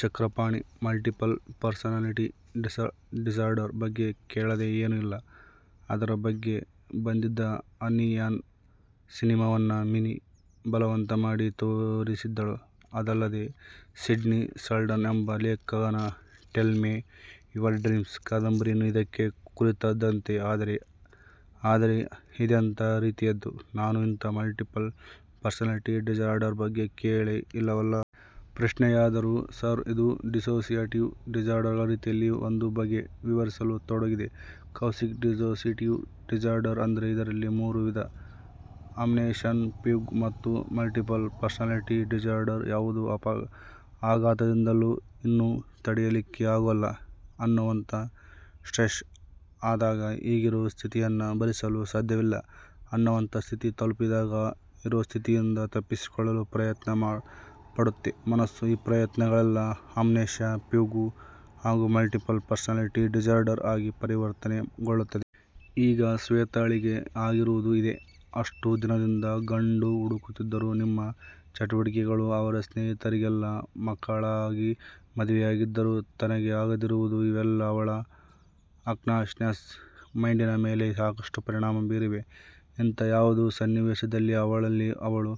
Chakrapani multiple personality disorder ಬಗ್ಗೆ ಕೇಳದೆ ಏನೂ ಇಲ್ಲ, ಅದರ ಬಗ್ಗೆ ಬಂದಿದ್ದ ಅನ್ನಿಯನ್ ಸಿನಿಮಾವನ್ನ ವಿನಿ ಬಲವಂತ ಮಾಡಿ ತೋರಿಸಿದ್ದಳು, ಅದಲ್ಲದೆ ಸಿಡ್ನಿ ಶಲ್ಡನ್ ಎಂಬ ಲೇಖಕನ 'ಟೆಲ್ ಮೆ ಯುವರ್ ಡ್ರೀಮ್ಸ್' ಕಾದಂಬರಿಯೂ ಇದಕ್ಕೆ ಕುರಿತಾದದ್ದೇ.. ಆದರೆ? 'ಆದರೆ ಇದೆಂತಾ ರೀತಿಯದ್ದು, ನಾನು ಇಂಥಾ ಮಲ್ಟಿಪಲ್ ಪರ್ಸನಾಲಿಟಿ ಡಿಸಾರ್ಡರ್ ಬಗ್ಗೆ ಕೇಳೇ ಇಲ್ಲವಲ್ಲ? ಪ್ರಶ್ನೆಯಾದರು. ಸರ್ ಇದು ಡಿಸೋಸಿಯೇಟಿವ್ ಡಿಸಾರ್ಡಗಳ ರೀತಿಯಲ್ಲಿ ಒಂದು ಬಗೆ.. ವಿವರಿಸಲು ತೊಡಗಿದ ಕೌಶಿಕ್.. ಡಿಸೋಸಿಯೇಟಿವ್ ಡಿಸಾರ್ಡರ್ ಅಂದ್ರೆ ಇದರಲ್ಲಿ ಮೂರು ವಿಧ ಅಮ್ನೇಶ್ಯ ಫ್ಯೂಗ್ ಮತ್ತು ಮಲ್ಟಿಪಲ್ ಪರ್ಸನಾಲಿಟಿ ಡಿಸಾರ್ಡರ್. ಯಾವುದೋ ಆಘಾತದಿಂದಲೋ, ಇನ್ನು ತಡಿಯಲಿಕ್ಕೆ ಆಗೋಲ್ಲ ಅನ್ನೋವಂಥ ಸ್ಟ್ರೆಸ್ ಆದಾಗ, ಈಗಿರೋ ಸ್ಥಿತಿಯನ್ನ ಭರಿಸಲು ಸಾಧ್ಯವಿಲ್ಲ ಅನ್ನೋವಂಥ ಸ್ಥಿತಿ ತಲುಪಿದಾಗ ಇರೋಸ್ಥಿತಿಯಿಂದ ತಪ್ಪಿಸಿಕೊಳ್ಳಲು ಪ್ರಯತ್ನ ಪಡುತ್ತೆ ಮನಸ್ಸು, ಈ ಪ್ರಯತ್ನಗಳೇ ಅಮ್ನೇಶ್ಯ ಫ್ಯೂ ಗ್, ಹಾಗೂ ಮಲ್ಟಿಪಲ್ ಪರ್ಸನಾಲಿಟಿ ಡಿಸಾರ್ಡರ್ ಆಗಿ ಪರಿವರ್ತನೆ ಗೊಳ್ಳುತ್ತದೆ. ಈಗ ಶ್ವೇತಾಳಿಗೆ ಆಗಿರುವುದೂ ಇದೇ. ಅಷ್ಟು ದಿನದಿಂದ ಗಂಡು ಹುಡುಕುತ್ತಿರುವ ನಿಮ್ಮ ಚಟುವಟಿಕೆಗಳು, ಅವರ ಸ್ನೇಹಿತೆಯರಿಗೆಲ್ಲಾ ಮಕ್ಕಳಾಗಿ ಮದುವೆಯಾಗಿದ್ದರೂ ತನಗೆ ಆಗದಿರುವುದು, ಇವೆಲ್ಲಾ ಅವಳ ಅನ್ಕಾನ್ಶಸ್ ಮೈಂಡಿನ ಮೇಲೆ ಸಾಕಷ್ಟು ಪರಿಣಾಮ ಬೀರಿವೆ, ಇಂಥಾ ಯಾವುದೋ ಸನ್ನಿವೇಶದಲ್ಲೇ ಅವಳಲ್ಲಿ 'ಅವನು'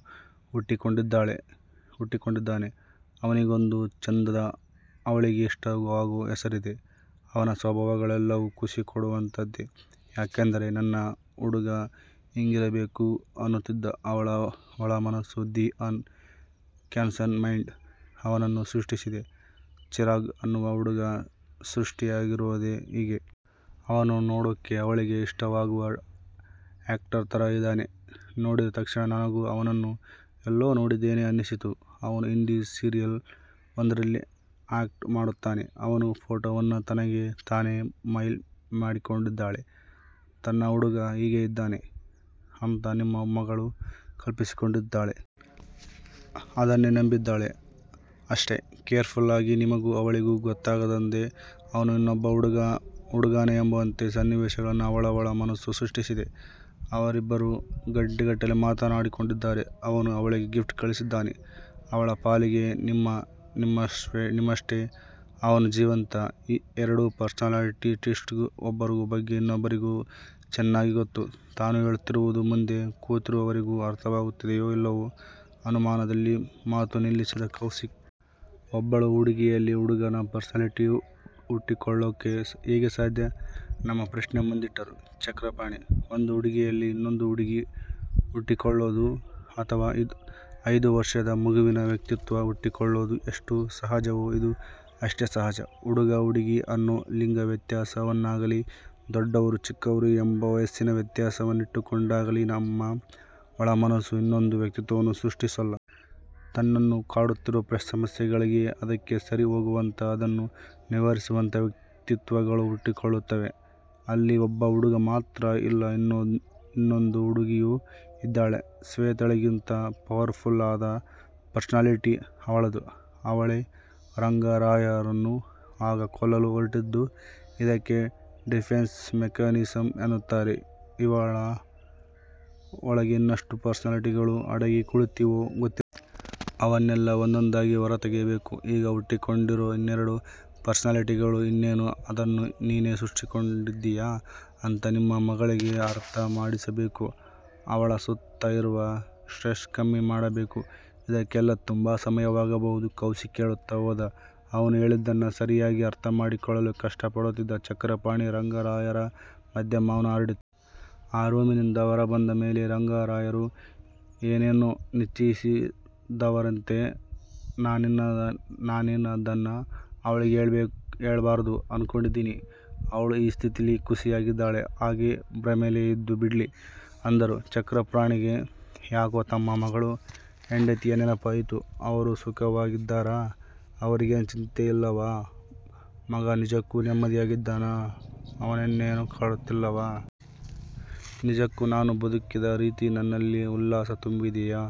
ಹುಟ್ಟಿಕೊಂಡಿದ್ದಾನೆ. ಆವನಿಗೊಂದು ಚಂದದ ಅವಳಿಗೆ ಇಷ್ಟವಾಗೋ ಹೆಸರಿದೆ, ಅವನ ಸ್ವಭಾವಗಳೆಲ್ಲವೂ ಖುಷಿಕೊಡುವಂಥದ್ದೇ ಯಾಕೆಂದರೆ ನನ್ನ ಹುಡುಗ ಹಿಂಗಿರಬೇಕು ಅನ್ನುತ್ತಿದ್ದ ಅವಳ ಒಳ ಮನಸ್ಸು, 'ದಿ ಅನ್ ಕಾನ್ಶಸ್ ಮೈಂಡ್' ಅವನನ್ನು ಸೃಷ್ಟಿಸಿದೆ, ಚಿರಾಗ್ ಅನ್ನುವ ಹುಡುಗ ಸೃಷ್ಟಿಯಾಗಿರೋದೇ ಹೀಗೆ. ಅವನು ನೋಡೋಕ್ಕೆ ಅವಳಿಗೆ ಇಷ್ಟವಾಗುವ ಆಕ್ಟರ್ ಥರ ಇದಾನೆ, ನೋಡಿದ ತಕ್ಷಣ ನನಗೂ ಅವನನ್ನು ಎಲ್ಲೋ ನೋಡಿದ್ದೇನೆ ಅನ್ನಿಸಿತು ಅವನು ಹಿಂದಿ ಸೀರಿಯಲ್ ಒಂದರಲ್ಲಿ ಆಕ್ಟ್ ಮಾಡುತ್ತಾನೆ. ಅವನ ಫೋಟೋವನ್ನ ತನಗೆ ತಾನೇ ಮೈಲ್ ಮಾಡಿಕೊಂಡಿದ್ದಾಳೆ ತನ್ನ ಹುಡುಗ ಹೀಗೇ ಇದಾನೆ ಅಂತ ನಿಮ್ಮ ಮಗಳು ಕಲ್ಪಿಸಿಕೊಂಡಿದ್ದಾಳೆ. ಅದನ್ನೇ ನಂಬಿದ್ದಾಳೆ. ಅಶ್ಟೇ ಕೇರ್ಫುಲ್ ಆಗಿ ನಿಮಗೂ ಅವಳಿಗೂ ಗೊತ್ತಾಗದಂತೆ ಅವನು ಇನ್ನೊಬ್ಬ ಹುಡುಗನೇ ಎಂಬಂತೆ ಸನ್ನಿವೇಶಗಳನ್ನ ಅವಳ ಒಳ ಮನಸ್ಸು ಸೃಷ್ಟಿಸಿದೆ, ಅವರಿಬ್ಬರೂ ಗಂಟೆಗಟ್ಟಲೆ ಮಾತಾಡಿಕೊಂಡಿದ್ದಾರೆ. ಅವನು ಇವಳಿಗೆ ಗಿಫ್ಟ್ ಕಳಿಸಿದ್ದಾನೆ. ಅವಳ ಪಾಲಿಗೆ ನಮ್ಮ ನಿಮ್ಮಶ್ಟೇ ಅವನೂ ಜೀವಂತ. ಈ ಎರೆಡು ಪರ್ಸನಾಲಿಟೀಸ್ಗೂ ಒಬ್ಬರ ಬಗ್ಗೆ ಇನ್ನೊಬ್ಬರಿಗೆ ಚನ್ನಾಗಿ ಗೊತ್ತು-' ತಾನು ಹೇಳುತ್ತಿರುವುದು ಮುಂದೆ ಕೂತಿರುವವರಿಗೆ ಅರ್ಥವಾಗುತ್ತಿದೆಯೋ ಇಲ್ಲವೂ ಅನುಮಾನದಲ್ಲಿ ಮಾತು ನಿಲ್ಲಿಸಿದ ಕೌಶಿಕ್. ಒಬ್ಬಳು ಹುಡುಗಿಯಲ್ಲಿ ಹುಡುಗನ ಪರ್ಸನಾಲಿಟಿ ಹುಟ್ಟಿಕೊಳ್ಳೋಕ್ಕೆ ಹೇಗೆ ಸಾಧ್ಯ? ತಮ್ಮ ಪ್ರಶ್ನೆ ಮುಂದಿಟ್ಟರು ಚಕ್ರಪಾಣಿ. ಒಂದು ಹುಡುಗಿಯಲ್ಲಿ, ಇನ್ನೊಂದು ಹುಡುಗಿ ಹುಟ್ಟಿಕೊಳ್ಳೋದು, ಅಥವಾ ಐದು ವರ್ಶದ ಮಗುವಿನ ವ್ಯಕ್ತಿತ್ವ ಹುಟ್ಟಿಕೊಳ್ಳೋದು ಎಷ್ಟು ಸಹಜವೋ ಇದೂ ಅಷ್ಟೇ ಸಹಜ. ಹುಡುಗ ಹುಡುಗಿ ಅನ್ನೋ ಲಿಂಗ ವ್ಯತ್ಯಾಸವನ್ನಾಗಾಲಿ ದೊಡ್ಡವರು ಚಿಕ್ಕವರು ಎಂಬ ವಯಸ್ಸಿನ ವ್ಯತ್ಯಾಸವನ್ನಿಟ್ಟುಕೊಂಡಾಗಲೀ ನಮ್ಮ ಒಳ ಮನಸ್ಸು ಇನ್ನೊಂದು ವ್ಯಕ್ತಿತ್ವವನ್ನ ಸೃಷ್ಟಿಸೋಲ್ಲ. ತನ್ನನ್ನು ಕಾಡುತ್ತಿರುವ ಸಮಸ್ಯೆಗಳಿಗೆ, ಅದಕ್ಕೆ ಸರಿಹೋಗುವಂಥ ಅದನ್ನು ನಿವಾರಿಸುವಂಥ ವ್ಯಕ್ತಿತ್ವಗಳು ಹುಟ್ಟಿಕೊಳ್ಳುತ್ತವೆ. ಅಲ್ಲಿ ಒಬ್ಬ ಹುಡುಗ ಮಾತ್ರ ಇಲ್ಲ ಇನ್ನೊಂದು ಹುಡುಗಿಯೂ ಇದ್ದಾಳೆ, ಶ್ವೆತಾಳಿಗಿಂತ ಪವರ್ಫುಲ್ ಆದ ಪರ್ಸನಾಲಿಟಿ ಅವಳದು ಅವಳೇ ರಂಗರಾಯರನ್ನು ಆಗ ಕೊಲ್ಲಲು ಹೊರಟಿದ್ದು. ಇದಕ್ಕೆ ಡಿಫೆನ್ಸ್ ಮೆಕ್ಯಾನಿಸಮ್ ಅನ್ನುತ್ತಾರೆ. ಇವಳ ಒಳಗೆ ಇನ್ನೆಷ್ತು ಪರ್ಸನಾಲಿಟಿಗಾಳು ಅಡಗಿ ಕುಳಿತಿವೆಯೋ ಗೊತ್ತಿಲ್ಲಾ. ಅವನ್ನೆಲ್ಲಾ ಒಂದೊಂದಾಗಿ ಹೊರತೆಗೆಯಬೇಕು. 'ಈಗ ಹುಟ್ಟಿಕೊಂಡಿರೋ ಇನ್ನೆರೆಡು ಪರ್ಸನಾಲಿಟಿಗಳೂ ನಿನ್ನವೇ. ಅದನ್ನು ನೀನೇ ಸೃಷ್ಟಿಸಿಕೊಂಡಿದ್ದೀಯ' ಅಂತ ನಿಮ್ಮ ಮಗಳಿಗೆ ಅರ್ಥ ಮಾಡಿಸಬೇಕು, ಅವಳ ಸುತ್ತ ಇರುವ ಸ್ಟ್ರೆಸ್ ಕಮ್ಮಿ ಮಾಡಬೇಕು ಇದಕ್ಕೆಲ್ಲಾ ತುಂಬ ಸಮಯವಾಗಬಹುದು.. ಕೌಶಿಕ್ ಹೇಳುತ್ತಾ ಹೋದ, ಅವನು ಹೇಳಿದ್ದನ್ನ ಸರಿಯಾಗಿ ಅರ್ಥ ಮಾಡಿಕೊಳ್ಳಲು ಕಷ್ಟ ಪಡುತ್ತಿದ್ದ ಚಕ್ರಪಾಣಿ, ರಂಗರಾಯರ ಮಧ್ಯೆ ಮೌನ ಹರಡಿತ್ತು. ಆ ರೂಮಿನಿಂದ ಹೊರಬಂದ ಮೇಲೆ ರಂಗರಾಯರು ಏನನ್ನೋ ನಿಶ್ಚಯಿಸಿದವರಂತೆ 'ನಾನಿದನ್ನ ಅವ್ಳಿಗೆ ಹೇಳ್ಬಾರ್ದು ಅನ್ಕೊಂಡಿದಿನಿ. ಅವ್ಳು ಈ ಸ್ಥಿತಿಲೇ ಖುಷಿಯಾಗಿದಾಳೆ ಹಾಗೇ ಭ್ರಮೇಲೇ ಇದ್ದು ಬಿಡ್ಲಿ' ಅಂದರು. ಚಕ್ರಪಾಣಿಗೆ ಯಾಕೋ ತಮ್ಮ ಮಗಳು ಹೆಂಡತಿಯ ನೆನಪಾಯಿತು ಅವರು ಸುಖವಾಗಿದ್ದಾರ? ಅವರಿಗೇನು ಚಿಂತೆಯಿಲ್ಲವಾ? ಮಗ ನಿಜಕ್ಕೂ ನೆಮ್ಮದಿಯಾಗಿದ್ದಾನ ಅವನನ್ನೇನು ಕಾಡುತ್ತಿಲ್ಲವಾ? ನಿಜಕ್ಕೂ ನಾನು ಬದುಕಿದ ರೀತಿ ನನ್ನಲ್ಲಿ ಉಲ್ಲಾಸ ತುಂಬಿದೆಯಾ?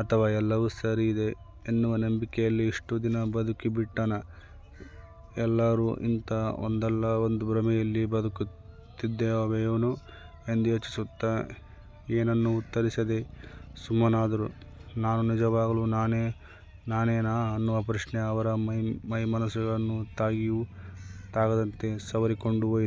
ಅಥವಾ ಎಲ್ಲವೂ ಸರಿ ಇದೆ ಎನ್ನುವ ನಂಬಿಕೆಯಲ್ಲಿ ಇಷ್ಟು ದಿನ ಬದುಕಿಬಿಟ್ಟೆನಾ? ಎಲ್ಲಾರೂ ಇಂಥಾ ಒಂದಲ್ಲಾ ಒಂದು ಭ್ರಮೆಯಲ್ಲಿ ಬದುಕುತ್ತಿದ್ದೇವೇನೋ ಎಂದು ಯೋಚಿಸುತ್ತಾ ಏನನ್ನೂ ಉತ್ತರಿಸದೆ ಸುಮ್ಮನಾದರು. ನಾನು ನಿಜವಾಗಲೂ ನಾನೇನಾ ಅನ್ನುವ ಪ್ರಶ್ನೆ ಅವರ ಮೈಮನಸ್ಸುಗಳನ್ನು ತಾಗಿಯೂ ತಾಗದಂತೆ ಸವರಿಕೊಂಡು ಹೋಯಿತು.